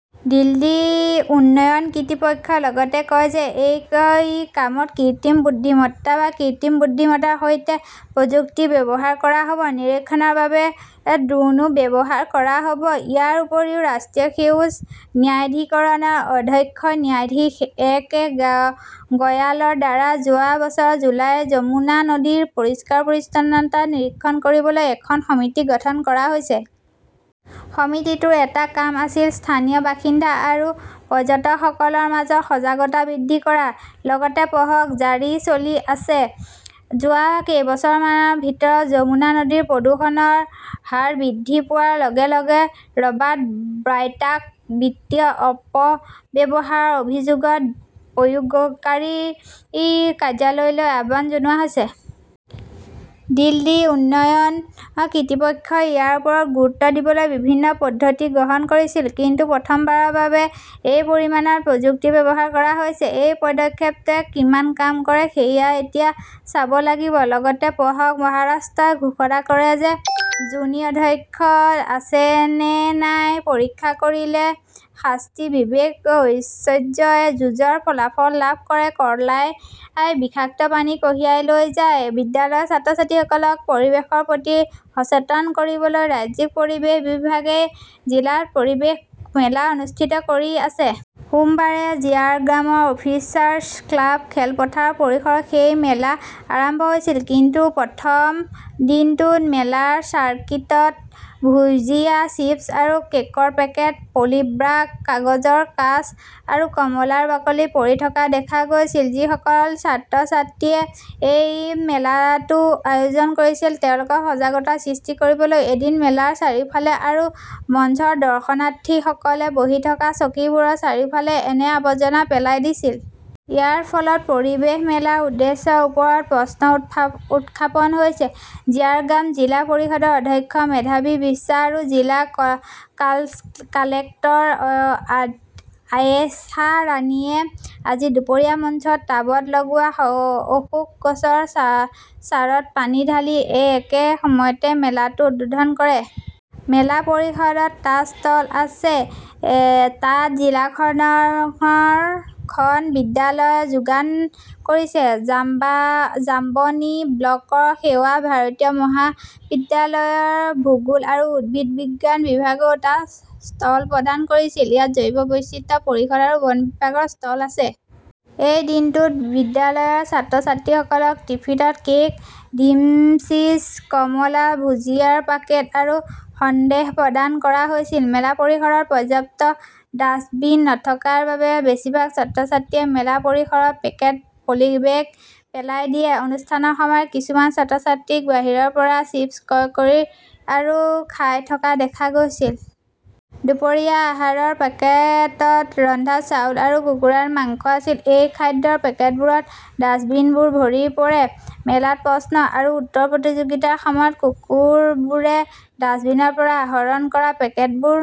দিল্লী উন্নয়ন কৰ্তৃপক্ষই লগতে কয় যে এই কামত কৃত্ৰিম বুদ্ধিমত্তা বা কৃত্ৰিম বুদ্ধিমত্তাৰ সৈতে প্ৰযুক্তি ব্যৱহাৰ কৰা হ 'ব; নিৰীক্ষণৰ বাবে ড্ৰোনও ব্যৱহাৰ কৰা হ' ব। ইয়াৰ উপৰিও, ৰাষ্ট্ৰীয় সেউজ ন্যায়াধিকৰণৰ অধ্যক্ষ ন্যায়াধীশ এ কে গয়ালৰ দ্বাৰা যোৱা বছৰৰ জুলাইত যমুনা নদীৰ পৰিষ্কাৰ-পৰিচ্ছন্নতা নিৰীক্ষণ কৰিবলৈ এখন সমিতি গঠন কৰা হৈছিল। সমিতিটোৰ এটা কাম আছিল স্থানীয় বাসিন্দা আৰু পৰ্যটকসকলৰ মাজত সজাগতা বৃদ্ধি কৰা। লগতে পঢ়কঃ জাৰী চলি আছে, যোৱা কেইবছৰমানৰ ভিতৰত যমুনা নদীৰ প্ৰদূষণৰ হাৰ বৃদ্ধি পোৱাৰ লগে লগে ৰবাৰ্ট ৱাড্ৰাক বিত্তীয় অপব্যৱহাৰৰ অভিযোগত প্ৰয়োগকাৰী কাৰ্যালয়লৈ আহ্বান জনোৱা হৈছে। দিল্লী উন্নয়ন কৰ্তৃপক্ষই ইয়াৰ ওপৰত গুৰুত্ব দিবলৈ বিভিন্ন পদ্ধতি গ্ৰহণ কৰিছিল। কিন্তু প্ৰথমবাৰৰ বাবে এই পৰিমাণত প্ৰযুক্তিৰ ব্যৱহাৰ কৰা হৈছে। এই পদক্ষেপটোৱে কিমান কাম কৰে সেয়া এতিয়া চাব লাগিব। লগতে পঢ়কঃ মহাৰাষ্ট্ৰই ঘোষণা কৰে যে যোনি অক্ষত আছে নে নাই পৰীক্ষা কৰিলে শাস্তি, বিবেক-ঐশ্বৰ্যই যুঁজৰ ফলাফল লাভ কৰে কৰ্লাই বিষাক্ত পানী কঢ়িয়াই লৈ যায় বিদ্যালয়ৰ ছাত্ৰ-ছাত্ৰীসকলক পৰিৱেশৰ প্ৰতি সচেতন কৰিবলৈ ৰাজ্যিক পৰিৱেশ বিভাগে জিলাত পৰিৱেশ মেলা অনুষ্ঠিত কৰি আছে। সোমবাৰে ঝাৰগ্ৰামৰ অফিচাৰ্ছ ক্লাব খেলপথাৰৰ পৰিসৰত সেই মেলা আৰম্ভ হৈছিল। কিন্তু প্ৰথম দিনটোত মেলাৰ চাৰ্কিটত ভুজিয়া, চিপছ আৰু কেকৰ পেকেট, পলিব্যাগ, কাগজৰ কাঁচ আৰু কমলাৰ বাকলি পৰি থকা দেখা গৈছিল। যিসকল ছাত্ৰ-ছাত্ৰীয়ে এই মেলাটো আয়োজন কৰিছিল, তেওঁলোকে সজাগতা সৃষ্টি কৰিবলৈ এদিন মেলাৰ চাৰিওফালে আৰু মঞ্চৰ দৰ্শনাৰ্থীসকলে বহি থকা চকীবোৰৰ চাৰিওফালে এনে আৱৰ্জনা পেলাই দিছিল। ইয়াৰ ফলত পৰিৱেশ মেলাৰ উদ্দেশ্যৰ ওপৰত প্ৰশ্ন উত্থাপন হৈছে। ঝাৰগ্ৰাম জিলা পৰিষদৰ অধ্যক্ষ মাধৱী বিশ্বাস আৰু জিলা কালেক্টৰ আয়েশা ৰাণীয়ে আজি দুপৰীয়া মঞ্চত টাবত লগোৱা অশোক গছৰ চাৰত পানী ঢালি একে সময়তে মেলাটো উদ্বোধন কৰে। মেলা পৰিসৰত টা ষ্টল আছে। তাত জিলাখনৰ খন বিদ্যালয় যোগদান কৰিছে। জাম্বনী ব্লকৰ সেৱা ভাৰতী মহাবিদ্যালয়ৰ ভূগোল আৰু উদ্ভিদ বিজ্ঞান বিভাগেও তাত ষ্টল প্ৰদান কৰিছিল। ইয়াত জৈৱ বৈচিত্ৰ্য পৰিষদ আৰু বন বিভাগৰ ষ্টল আছে। এই দিনটোত বিদ্যালয়ৰ ছাত্ৰ-ছাত্ৰীসকলক টিফিনত কেক, ডিমছিদ, কমলা, ভুজিয়াৰ পেকেট আৰু সন্দেশ প্ৰদান কৰা হৈছিল। মেলা পৰিসৰত পৰ্যাপ্ত ডাস্টবিন নথকাৰ বাবে বেছিভাগ ছাত্ৰ-ছাত্ৰীয়ে মেলা পৰিসৰত পেকেট, পলিবেগ পেলাই দিয়ে। অনুষ্ঠানৰ সময়ত কিছুমান ছাত্ৰ-ছাত্ৰীক বাহিৰৰ পৰা চিপ ক্ৰয় কৰি আৰু খাই থকা দেখা গৈছিল। দুপৰীয়াৰ আহাৰৰ পেকেটত ৰন্ধা চাউল আৰু কুকুৰাৰ মাংস আছিল। সেই খাদ্যৰ পেকেটবোৰত ডাষ্টবিনবোৰ ভৰি পৰে। মেলাত প্ৰশ্ন আৰু উত্তৰ প্ৰতিযোগিতাৰ সময়ত, কুকুৰবোৰে ডাস্টবিনৰ পৰা আহৰণ কৰা পেকেটবোৰ